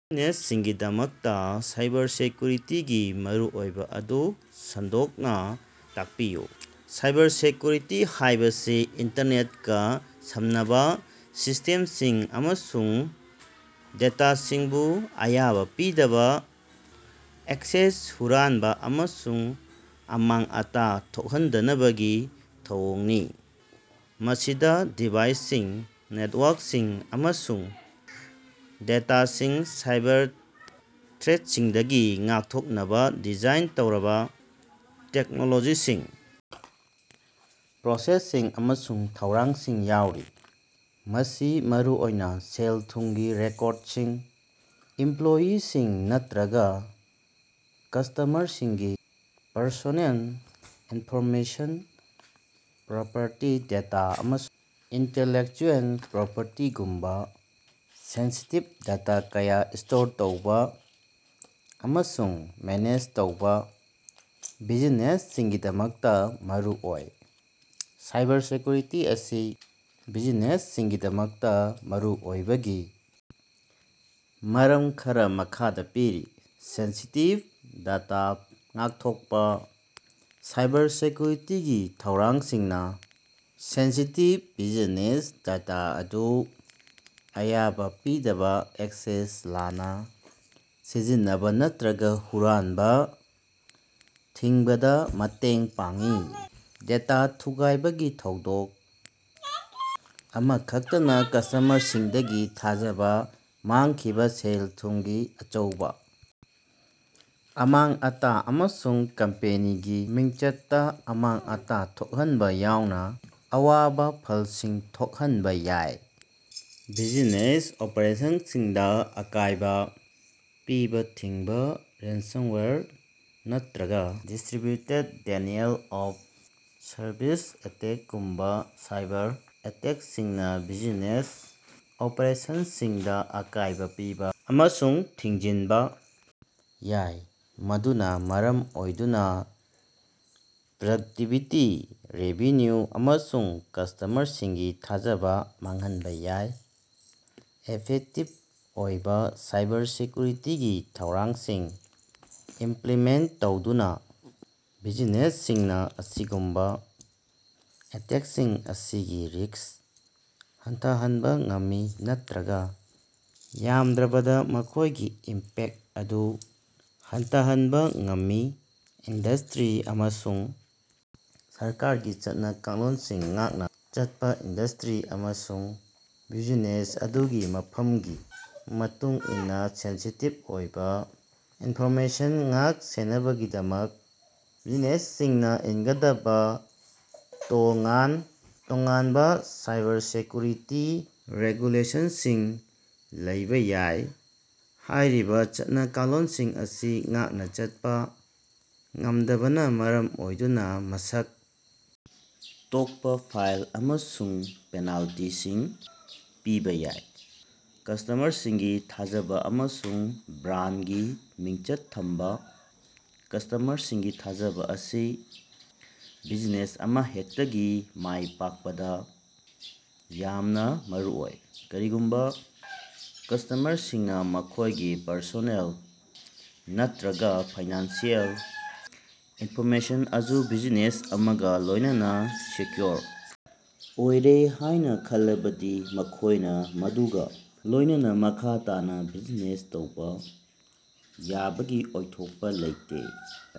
ꯕꯤꯖꯤꯅꯦꯁꯁꯤꯡꯒꯤꯗꯃꯛꯇ ꯁꯥꯏꯕꯔꯁꯦꯛꯌꯨꯔꯤꯇꯤꯒꯤ ꯃꯔꯨꯑꯣꯏꯕ ꯑꯗꯨ ꯁꯟꯗꯣꯛꯅꯥ ꯇꯥꯛꯄꯤꯌꯨ꯫ ꯁꯥꯏꯕꯔꯁꯦꯛꯌꯨꯔꯤꯇꯤ ꯍꯥꯏꯕꯁꯤ ꯏꯟꯇꯔꯅꯦꯠꯀꯥ ꯁꯝꯅꯕ ꯁꯤꯁꯇꯦꯝꯁꯤꯡ ꯑꯃꯁꯨꯡ ꯗꯦꯇꯥꯁꯤꯡꯕꯨ ꯑꯌꯥꯕꯥ ꯄꯤꯗꯕ ꯑꯦꯛꯁꯦꯁ ꯍꯨꯔꯥꯟꯕ ꯑꯃꯁꯨꯡ ꯑꯃꯥꯡ ꯑꯇꯥ ꯊꯣꯛꯍꯟꯗꯅꯕꯒꯤ ꯊꯧꯑꯣꯡꯅꯤ꯫ ꯃꯁꯤꯗ ꯗꯤꯚꯥꯏꯁꯁꯤꯡ ꯅꯦꯇꯋꯥꯔꯛꯁꯤꯡ ꯑꯃꯁꯨꯡ ꯗꯦꯇꯥꯁꯤꯡ ꯁꯥꯏꯕꯔ ꯊ꯭ꯔꯦꯠꯁꯤꯡꯗꯒꯤ ꯉꯥꯛꯊꯣꯛꯅꯕ ꯗꯤꯖꯥꯏꯟ ꯇꯧꯔꯕ ꯇꯦꯛꯅꯣꯂꯣꯖꯤꯁꯤꯡ ꯄ꯭ꯔꯣꯁꯦꯁꯁꯤꯡ ꯑꯃꯁꯨꯡ ꯊꯧꯔꯥꯡꯁꯤꯡ ꯌꯥꯎꯔꯤ꯫ ꯃꯁꯤ ꯃꯔꯨꯑꯣꯏꯅ ꯁꯦꯜ ꯊꯨꯝꯒꯤ ꯔꯦꯀꯣꯔꯠꯁꯤꯡ ꯏꯝꯄꯂꯣꯌꯤꯁꯤꯡ ꯅꯠꯇ꯭ꯔꯒ ꯀꯁꯇꯃꯔꯁꯤꯡꯒꯤ ꯄꯔꯁꯣꯅꯦꯜ ꯏꯟꯐꯣꯔꯃꯦꯁꯟ ꯄ꯭ꯔꯣꯄꯔꯇꯤ ꯗꯦꯇꯥ ꯑꯃꯁꯨꯡ ꯏꯟꯇꯦꯂꯦꯛꯆꯨꯑꯦꯜ ꯄ꯭ꯔꯣꯄꯔꯇꯤꯒꯨꯝꯕ ꯁꯦꯟꯁꯤꯇꯤꯞ ꯗꯦꯇꯥ ꯀꯌꯥ ꯁꯇꯣꯔ ꯇꯧꯕ ꯑꯃꯁꯨꯡ ꯃꯦꯅꯦꯖ ꯇꯧꯕ ꯕꯤꯖꯤꯅꯦꯁꯁꯤꯡꯒꯤꯗꯃꯛꯇ ꯃꯔꯨꯑꯣꯏ꯫ ꯁꯥꯏꯕꯔꯁꯦꯛꯌꯨꯔꯤꯇꯤ ꯑꯁꯤ ꯕꯤꯖꯤꯅꯦꯁꯁꯤꯡꯒꯤꯗꯃꯛꯇ ꯃꯔꯨꯑꯣꯏꯕꯒꯤ ꯃꯔꯝ ꯈꯔꯥ ꯃꯈꯥꯗ ꯄꯤꯔꯤ ꯁꯦꯟꯁꯤꯇꯤꯚ ꯗꯦꯇꯥ ꯉꯥꯛꯊꯣꯛꯄ ꯁꯥꯏꯕꯔꯁꯦꯛꯌꯨꯔꯤꯇꯤꯒꯤ ꯊꯧꯔꯥꯡꯁꯤꯡꯅ ꯁꯦꯟꯁꯤꯇꯤꯚ ꯕꯤꯖꯅꯦꯁ ꯗꯦꯇꯥ ꯑꯗꯨ ꯑꯌꯥꯕ ꯄꯤꯗꯕ ꯑꯦꯛꯁꯦꯁ ꯂꯥꯟꯅ ꯁꯤꯖꯤꯟꯅꯕ ꯅꯠꯇ꯭ꯔꯒ ꯍꯨꯔꯥꯟꯕ ꯊꯤꯡꯕꯗ ꯃꯇꯦꯡ ꯄꯥꯡꯏ꯫ ꯗꯦꯇꯥ ꯊꯨꯒꯥꯏꯕꯒꯤ ꯊꯧꯗꯣꯛ ꯑꯃꯈꯛꯇꯅ ꯀꯁꯇꯃꯔꯁꯤꯡꯗꯒꯤ ꯊꯥꯖꯕ ꯃꯥꯡꯈꯤꯕ ꯁꯦꯜ ꯊꯨꯝꯒꯤ ꯑꯆꯧꯕ ꯑꯃꯥꯡ ꯑꯇꯥ ꯑꯃꯁꯨꯡ ꯀꯝꯄꯦꯅꯤꯒꯤ ꯃꯤꯡꯆꯠꯇ ꯑꯃꯥꯡ ꯑꯇꯥ ꯊꯣꯛꯍꯟꯕ ꯌꯥꯎꯅ ꯑꯋꯥꯕ ꯐꯜꯁꯤꯡ ꯊꯣꯛꯍꯟꯕ ꯌꯥꯏ꯫ ꯕꯤꯖꯤꯅꯦꯁ ꯑꯣꯄꯔꯦꯁꯟꯁꯤꯡꯗ ꯑꯀꯥꯏꯕ ꯄꯤꯕ ꯊꯤꯡꯕ ꯔꯦꯟꯁꯝꯋꯥꯌꯔ ꯅꯠꯇ꯭ꯔꯒꯥ ꯗꯤꯁꯇꯔꯤꯕꯌꯨꯇꯦꯠ ꯗꯦꯅꯤꯑꯦꯜ ꯑꯣꯐ ꯁꯔꯚꯤꯁ ꯑꯦꯇꯦꯛꯒꯨꯝꯕ ꯁꯥꯏꯕꯔ ꯑꯦꯇꯦꯛꯁꯤꯡꯅ ꯕꯤꯖꯤꯅꯦꯁ ꯑꯣꯄꯔꯦꯁꯟꯁꯤꯡꯗ ꯑꯀꯥꯏꯕ ꯄꯤꯕ ꯑꯃꯁꯨꯡ ꯊꯤꯡꯖꯤꯟꯕ ꯌꯥꯏ ꯃꯗꯨꯅ ꯃꯔꯝ ꯑꯣꯏꯗꯨꯅ ꯄ꯭ꯔꯇꯤꯚꯤꯇꯤ ꯔꯦꯚꯤꯟꯌꯨ ꯑꯃꯁꯨꯡ ꯀꯁꯇꯃꯔꯁꯤꯡꯒꯤ ꯊꯥꯖꯕ ꯃꯥꯡꯍꯟꯕ ꯌꯥꯏ꯫ ꯏꯐꯦꯛꯇꯤꯚ ꯑꯣꯏꯕ ꯁꯥꯏꯕꯔꯁꯦꯛꯌꯨꯔꯤꯇꯤꯒꯤ ꯊꯧꯔꯥꯡꯁꯤꯡ ꯏꯝꯄꯂꯤꯃꯦꯟꯇ ꯇꯧꯗꯨꯅ ꯕꯤꯖꯤꯅꯦꯁꯁꯤꯡꯅ ꯑꯁꯤꯒꯨꯝꯕ ꯑꯦꯇꯦꯛꯁꯤꯡ ꯑꯁꯤꯒꯤ ꯔꯤꯁ꯭ꯛ ꯍꯟꯊꯍꯟꯕ ꯉꯝꯃꯤ ꯅꯠꯇ꯭ꯔꯒꯥ ꯌꯥꯝꯗ꯭ꯔꯕꯗ ꯃꯈꯣꯏꯒꯤ ꯏꯝꯄꯦꯛꯇ ꯑꯗꯨ ꯍꯟꯊꯍꯟꯕ ꯉꯝꯃꯤ꯫ ꯏꯟꯗꯁꯇꯔꯤ ꯑꯃꯁꯨꯡ ꯁꯔꯀꯥꯔꯒꯤ ꯆꯠꯅ ꯀꯥꯡꯂꯣꯟꯁꯤꯡ ꯉꯥꯛꯅ ꯆꯠꯄ ꯏꯟꯗꯁꯇꯔꯤ ꯑꯃꯁꯨꯡ ꯕ꯭ꯌꯨꯖꯤꯅꯦꯁ ꯑꯗꯨꯒꯤ ꯃꯐꯝꯒꯤ ꯃꯇꯨꯡꯏꯟꯅ ꯁꯦꯟꯁꯤꯇꯤꯚ ꯑꯣꯏꯕ ꯏꯟꯐꯣꯔꯃꯦꯁꯟ ꯉꯥꯛ ꯁꯦꯟꯅꯕꯒꯤꯗꯃꯛ ꯕꯤꯖꯤꯅꯦꯁꯁꯤꯡꯅ ꯏꯟꯒꯗꯕ ꯇꯣꯉꯥꯟ ꯇꯣꯉꯥꯟꯕ ꯁꯥꯏꯕꯔꯁꯦꯛꯌꯨꯔꯤꯇꯤ ꯔꯦꯒꯨꯂꯦꯁꯟꯁꯤꯡ ꯂꯩꯕꯥꯌꯥꯏ꯫ ꯍꯥꯏꯔꯤꯕ ꯆꯠꯅ ꯀꯥꯡꯂꯣꯟꯁꯤꯡ ꯑꯁꯤ ꯉꯥꯛꯅ ꯆꯠꯄ ꯉꯝꯗꯕꯅ ꯃꯔꯝ ꯑꯣꯏꯗꯨꯅ ꯃꯁꯛ ꯊꯣꯛꯄꯥ ꯐꯥꯏꯟ ꯑꯃꯁꯨꯡ ꯄꯦꯅꯥꯜꯇꯤꯁꯤꯡ ꯄꯤꯕ ꯌꯥꯏ꯫ ꯀꯁꯇꯃꯔꯁꯤꯡꯒꯤ ꯊꯥꯖꯕ ꯑꯃꯁꯨꯡ ꯕ꯭ꯔꯥꯟꯗꯒꯤ ꯃꯤꯡꯆꯠ ꯊꯝꯕ ꯀꯁꯇꯃꯔꯁꯤꯡꯒꯤ ꯊꯥꯖꯕ ꯑꯁꯤ ꯕꯤꯖꯤꯅꯦꯁ ꯑꯃꯍꯦꯛꯇꯒꯤ ꯃꯥꯏ ꯄꯥꯛꯄꯗ ꯌꯥꯝꯅ ꯃꯔꯨꯑꯣꯏ꯫ ꯀꯔꯤꯒꯨꯝꯕ ꯀꯁꯇꯃꯔꯁꯤꯡꯅ ꯃꯈꯣꯏꯒꯤ ꯄꯔꯁꯣꯅꯦꯜ ꯅꯠꯇ꯭ꯔꯒꯥ ꯐꯥꯏꯅꯥꯟꯁꯤꯑꯦꯜ ꯏꯟꯐꯣꯔꯃꯦꯁꯟ ꯑꯗꯨ ꯕꯤꯖꯤꯅꯦꯁ ꯑꯃꯒ ꯂꯣꯏꯅꯅ ꯁꯦꯛꯌꯨꯑꯣꯔ ꯑꯣꯏꯔꯦ ꯍꯥꯏꯅ ꯈꯜꯂꯕꯗꯤ ꯃꯈꯣꯏꯅ ꯃꯗꯨꯒ ꯂꯣꯏꯅꯅ ꯃꯈꯥ ꯇꯥꯅ ꯕꯤꯖꯤꯅꯦꯁ ꯇꯧꯕ ꯌꯥꯕꯒꯤ ꯑꯣꯏꯊꯣꯛꯄ ꯂꯩꯇꯦ꯫